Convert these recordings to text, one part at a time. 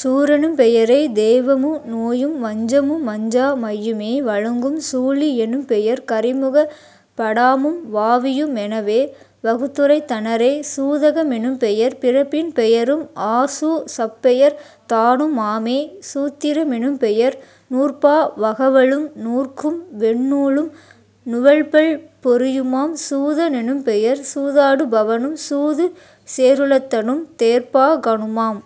சூரெனும் பெயரே தெய்வமு நோயும் வஞ்சமு மஞ்சா மையுமே வழங்கும்..... சூழி யெனும்பெயர் கரிமுக படாமும் வாவியு மெனவே வகுத்துரைத் தனரே..... சூதக மெனும்பெயர் பிறப்பின் பெயரும் ஆசூ சப்பெயர் தானு மாமே..... சூத்திர மெனும்பெயர் நூற்பா வகவலும் நூற்கும் வெண்ணூலும் நுவல்பல் பொறியுமாம்..... சூத னெனும்பெயர் சூதாடு பவனும் சூது சேருளத்தனும் தேர்ப்பா கனுமாம்.....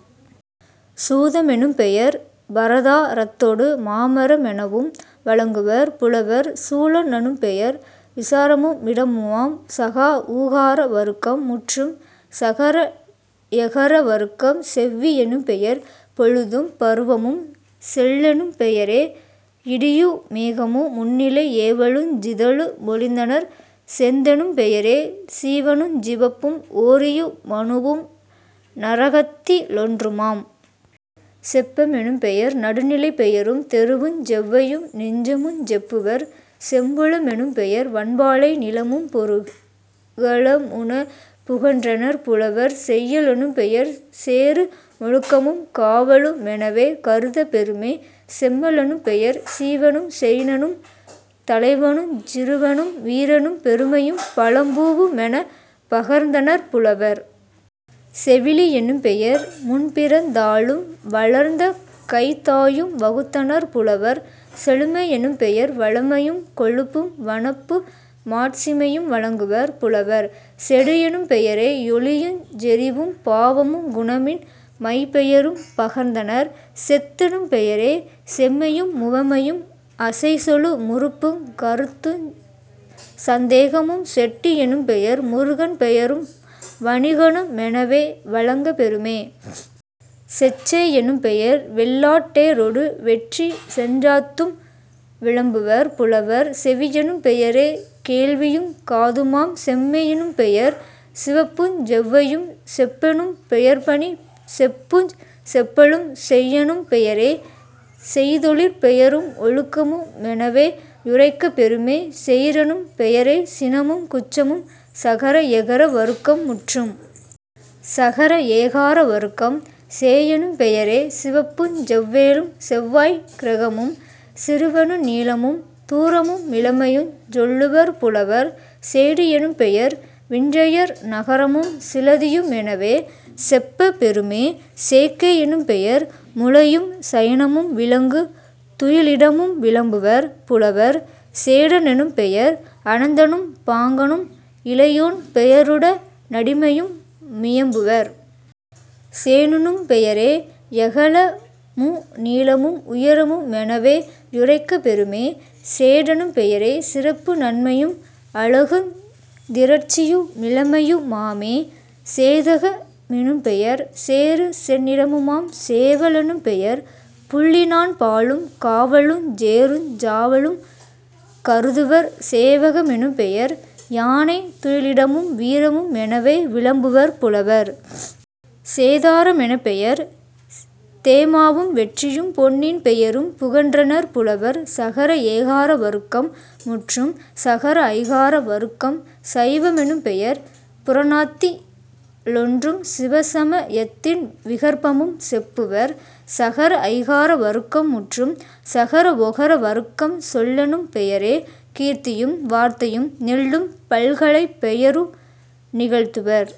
சூத மெனும்பெயர் பரதா ரத்தொடு மாமர மெனவும் வழங்குவர் புலவர்..... சூழ லனும்பெயர் விசாரமு மிடமுமாம்..... சகா ஊகார வருக்கம் முற்றும். சகர எகர வருக்கம் செவ்வி யெனும்பெயர் பொழுதும் பருவமும்..... செல்லெனும் பெயரே யிடியு மேகமும் முன்னிலை யேவலுஞ் சிதலு மொழிந்தனர்..... செந்தெனும் பெயரே சீவனுஞ் சிவப்பும் ஓரியு மணுவும் நரகத்தி லொன்றுமாம்..... செப்ப மெனும்பெயர் நடுநிலைப் பெயரும் தெருவுஞ் செவ்வையு நெஞ்சமுஞ் செப்புவர்..... செம்புல மெனும்பெயர் வன்பாலை நிலமும் பொருக ளமுமெனப் புகன்றனர் புலவர்..... செய்ய லெனும்பெயர் சேறு மொழுக்கமும் காவலு மெனவே கருதப் பெறுமே..... செம்ம லெனும்பெயர் சீவனும் செயினனும் தலைவனுஞ் சிறுவனும் வீரனும் பெருமையும் பழம்பூ வுமெனப் பகர்ந்தனர் புலவர்..... செவிலி யெனும்பெயர் முன்பிறந் தாளும் வளர்ந்த கைத்தாயும் வகுத்தனர் புலவர்..... செழுமை யெனும்பெயர் வளமையும் கொழுப்பும் வனப்பு மாட்சிமையும் வழங்குவர் புலவர்..... செடியெனும் பெயரே யொளியுஞ் செறிவும் பாவமுங் குணமின் மைப்பெயரும் பகர்ந்தனர்..... செத்தெனும் பெயரே செம்மையு முவமையும் அசைச்சொலு முறுப்புங் கருத்துஞ் சந்தேகமும்..... செட்டி யெனும்பெயர் முருகன் பெயரும் வணிகனு மெனவே வழங்கப் பெறுமே.....। செச்சை யெனும்பெயர் வெள்ளாட் டேறொடு வெட்சி செஞ்சாத்தும் விளம்புவர் புலவர்..... செவியெனும் பெயரே கேள்வியுங் காதுமாம்..... செம்மை யெனும்பெயர் சிவப்புஞ் செவ்வையும்..... செப்பெணும் பெயர்பணிச் செப்புஞ் செப்பலும்..... செய்யெனும் பெயரே செய்தொழிற் பெயரும் ஒழுக்கமு மெனவே யுரைக்கப் பெறுமே..... செயிரெனும் பெயரே சினமும் குற்றமும்..... சகர எகர வருக்கம் முற்றும். சகர ஏகார வருக்கம் சேயெனும் பெயரே சிவப்புஞ் செவ்வேளும் செவ்வாய்க் கிரகமும் சிறுவனு நீளமும் தூரமு மிளமையுஞ் சொல்லுவர் புலவர்..... சேடி யெனும்பெயர் விஞ்சையர் நகரமும் சிலதியு மெனவே செப்பப் பெறுமே..... சேக்கை யெனும்பெயர் முலையும் சயனமும் விலங்கு துயிலிடமும் விளம்புவர் புலவர்..... சேடனெ னும்பெயர் அனந்தனும் பாங்கனும் இளையோன் பெயருட னடிமையு மியம்புவர்..... சேணுனும் பெயரே யகலமு நீளமும் உயரமு மெனவே யுரைக்கப் பெறுமே..... சேடெனும் பெயரே சிறப்பு நன்மையும் அழகுந் திரட்சியு மிளமையு மாமே..... சேதக மெனும்பெயர் சேறு செந்நிறமுமாம்..... சேவ லெனும்பெயர் புள்ளி னாண்பாலும் காவலுஞ் சேறுஞ் சாவலும் கருதுவர்..... சேவக மெனும்பெயர் யானை துயிலிடமும் வீரமு மெனவே விளம்புவர் புலவர்..... சேதார மெனப்பெயர் தேமாவும் வெட்சியும் பொன்னின் பெயரும் புகன்றனர் புலவர்..... சகர ஏகார வருக்கம் முற்றும். சகர ஐகார வருக்கம் சைவ மெனும்பெயர் புராணத்தி லொன்றும் சிவசம யத்தின் விகற்பமும் செப்புவர்..... சகர ஐகார வருக்கம் முற்றும். சகர ஒகர வருக்கம் சொல்லெனும் பெயரே கீர்த்தியும் வார்த்தையும் நெல்லும் பல்கலைப் பெயரு நிகழ்த்துவர்.....